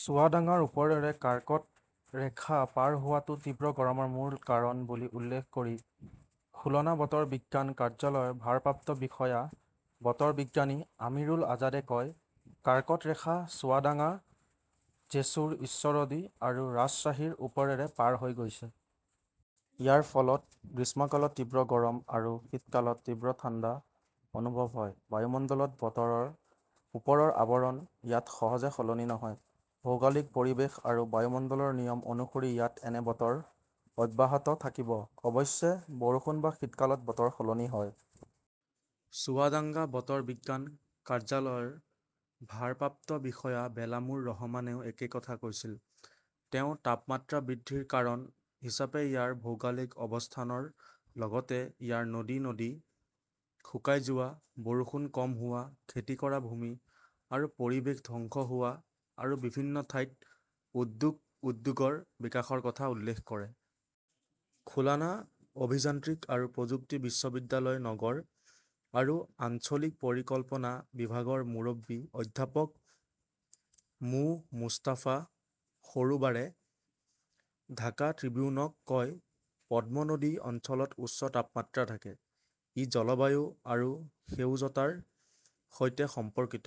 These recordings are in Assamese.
চুৱাদাঙ্গাৰ ওপৰেৰে কাৰ্কট ৰেখা পাৰ হোৱাটো তীব্ৰ গৰমৰ মূল কাৰণ বুলি উল্লেখ কৰি খুলনা বতৰ বিজ্ঞান কাৰ্যালয়ৰ ভাৰপ্ৰাপ্ত বিষয়া বতৰ বিজ্ঞানী আমিৰুল আজাদে কয়, "কাৰ্কট ৰেখা চুৱাদাঙ্গা, জেছুৰ, ঈশ্বৰদী আৰু ৰাজশ্বাহীৰ ওপৰেৰে পাৰ হৈ গৈছে। ইয়াৰ ফলত গ্ৰীষ্মকালত তীব্ৰ গৰম আৰু শীতকালত তীব্ৰ ঠাণ্ডা অনুভৱ হয়। বায়ুমণ্ডলত বতৰৰ ওপৰৰ আৱৰণ ইয়াত সহজে সলনি নহয়। ভৌগোলিক পৰিৱেশ আৰু বায়ুমণ্ডলৰ নিয়ম অনুসৰি ইয়াত এনে বতৰ অব্যাহত থাকিব। অৱশ্যে, বৰষুণ বা শীতকালত বতৰ সলনি হয়। "চুৱাদাংগা বতৰ বিজ্ঞান কাৰ্যালয়ৰ ভাৰপ্ৰাপ্ত বিষয়া বেলামুৰ ৰহমানেও একেই কথা কৈছিল। তেওঁ তাপমাত্ৰা বৃদ্ধিৰ কাৰণ হিচাপে ইয়াৰ ভৌগোলিক অৱস্থানৰ লগতে ইয়াৰ নদী-নদী শুকাই যোৱা, বৰষুণ কম হোৱা, খেতি কৰা ভূমি আৰু পৰিৱেশ ধ্বংস হোৱা, আৰু বিভিন্ন ঠাইত উদ্যোগ-উদ্যোগৰ বিকাশৰ কথা উল্লেখ কৰে। খুলনা অভিযান্ত্ৰিক আৰু প্ৰযুক্তি বিশ্ববিদ্যালয়ৰ নগৰ আৰু আঞ্চলিক পৰিকল্পনা বিভাগৰ মুৰব্বী অধ্যাপক মো. মুস্তাফা সৰোৱাৰে ঢাকা ট্ৰিবিউনক কয়, "পদ্মা নদী অঞ্চলত উচ্চ তাপমাত্ৰা থাকে। ই জলবায়ু আৰু সেউজতাৰ সৈতে সম্পৰ্কিত।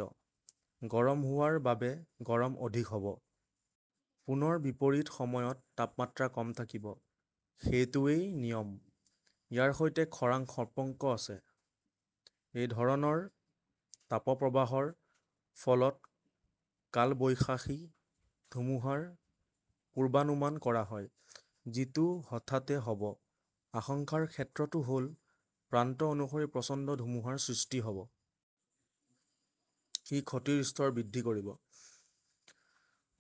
গৰম হোৱাৰ বাবে গৰম অধিক হ "ব। পুনৰ বিপৰীত সময়ত তাপমাত্ৰা কম থাকিব। সেইটোৱেই নিয়ম। ইয়াৰ সৈতে খৰাংৰ সম্পৰ্ক আছে। এই ধৰণৰ তাপপ্ৰবাহৰ ফলত কালবৈশাখী ধুমুহাৰ পূৰ্বানুমান কৰা হয়, যিটো হঠাতে হ "ব। আশংকাৰ ক্ষেত্ৰটো হ "ল প্ৰান্ত অনুসৰি প্ৰচণ্ড ধুমুহাৰ সৃষ্টি হ" ব। ই ক্ষতিৰ স্তৰ বৃদ্ধি কৰিব।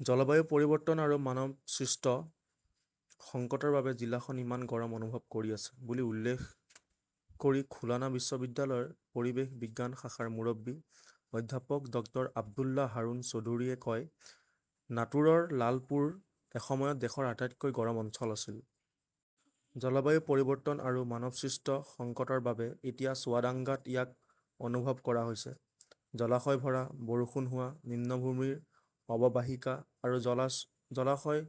"জলবায়ু পৰিৱৰ্তন আৰু মানৱসৃষ্ট সংকটৰ বাবে জিলাখন ইমান গৰম অনুভৱ কৰি আছে বুলি উল্লেখ কৰি খুলনা বিশ্ববিদ্যালয়ৰ পৰিৱেশ বিজ্ঞান শাখাৰ মুৰব্বী অধ্যাপক ড আব্দুল্লাহ হাৰুন চৌধুৰীয়ে কয়", নাটোৰৰ লালপুৰ এসময়ত দেশৰ আটাইতকৈ গৰম অঞ্চল আছিল। জলবায়ু পৰিৱৰ্তন আৰু মানৱসৃষ্ট সংকটৰ বাবে এতিয়া চুৱাডাংগাত ইয়াক অনুভৱ কৰা হৈছে। জলাশয় ভৰা, বৰষুণ হোৱা, নিম্নভূমিৰ অৱবাহিকা আৰু জলাশয়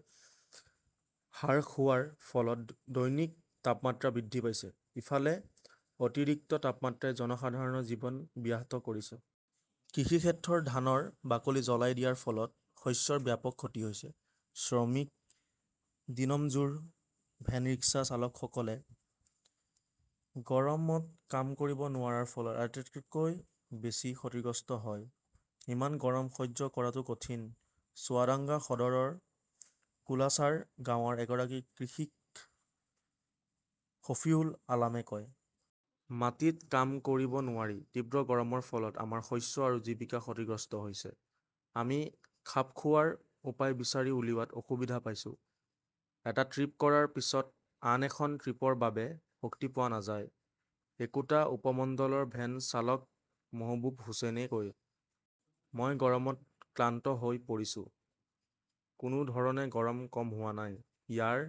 হ্ৰাস হোৱাৰ ফলত দৈনিক তাপমাত্ৰা বৃদ্ধি পাইছে। "ইফালে, অতিৰিক্ত তাপমাত্ৰাই জনসাধাৰণৰ জীৱন ব্যাহত কৰিছে। কৃষিক্ষেত্ৰৰ ধানৰ বাকলি জ্বলাই দিয়াৰ ফলত শস্যৰ ব্যাপক ক্ষতি হৈছে। শ্ৰমিক, দিনমজুৰ, ভেন-ৰিক্সা চালকসকলে গৰমত কাম কৰিব নোৱাৰাৰ ফলত আটাইতকৈ বেছি ক্ষতিগ্ৰস্ত হয়। "ইমান গৰম সহ্য কৰাটো কঠিন", চুৱাদাঙ্গা সদৰৰ কুলচাৰা গাঁৱৰ এগৰাকী কৃষক শফিউল আলমে কয়। মাটিত কাম কৰিব নোৱাৰি। তীব্ৰ গৰমৰ ফলত আমাৰ শস্য আৰু জীৱিকা ক্ষতিগ্ৰস্ত হৈছে। আমি খাপ খোৱাৰ উপায় বিচাৰি উলিওৱাত অসুবিধা পাইছো। "এটা ট্ৰিপ কৰাৰ পিছত আন এখন ট্ৰিপৰ বাবে শক্তি পোৱা নাযায়", একেটা উপমণ্ডলৰ ভেন চালক মহবুব হুচেইনে কয়। মই গৰমত ক্লান্ত হৈ পৰিছো। কোনো ধৰণে গৰম কম হোৱা নাই। ইয়াৰ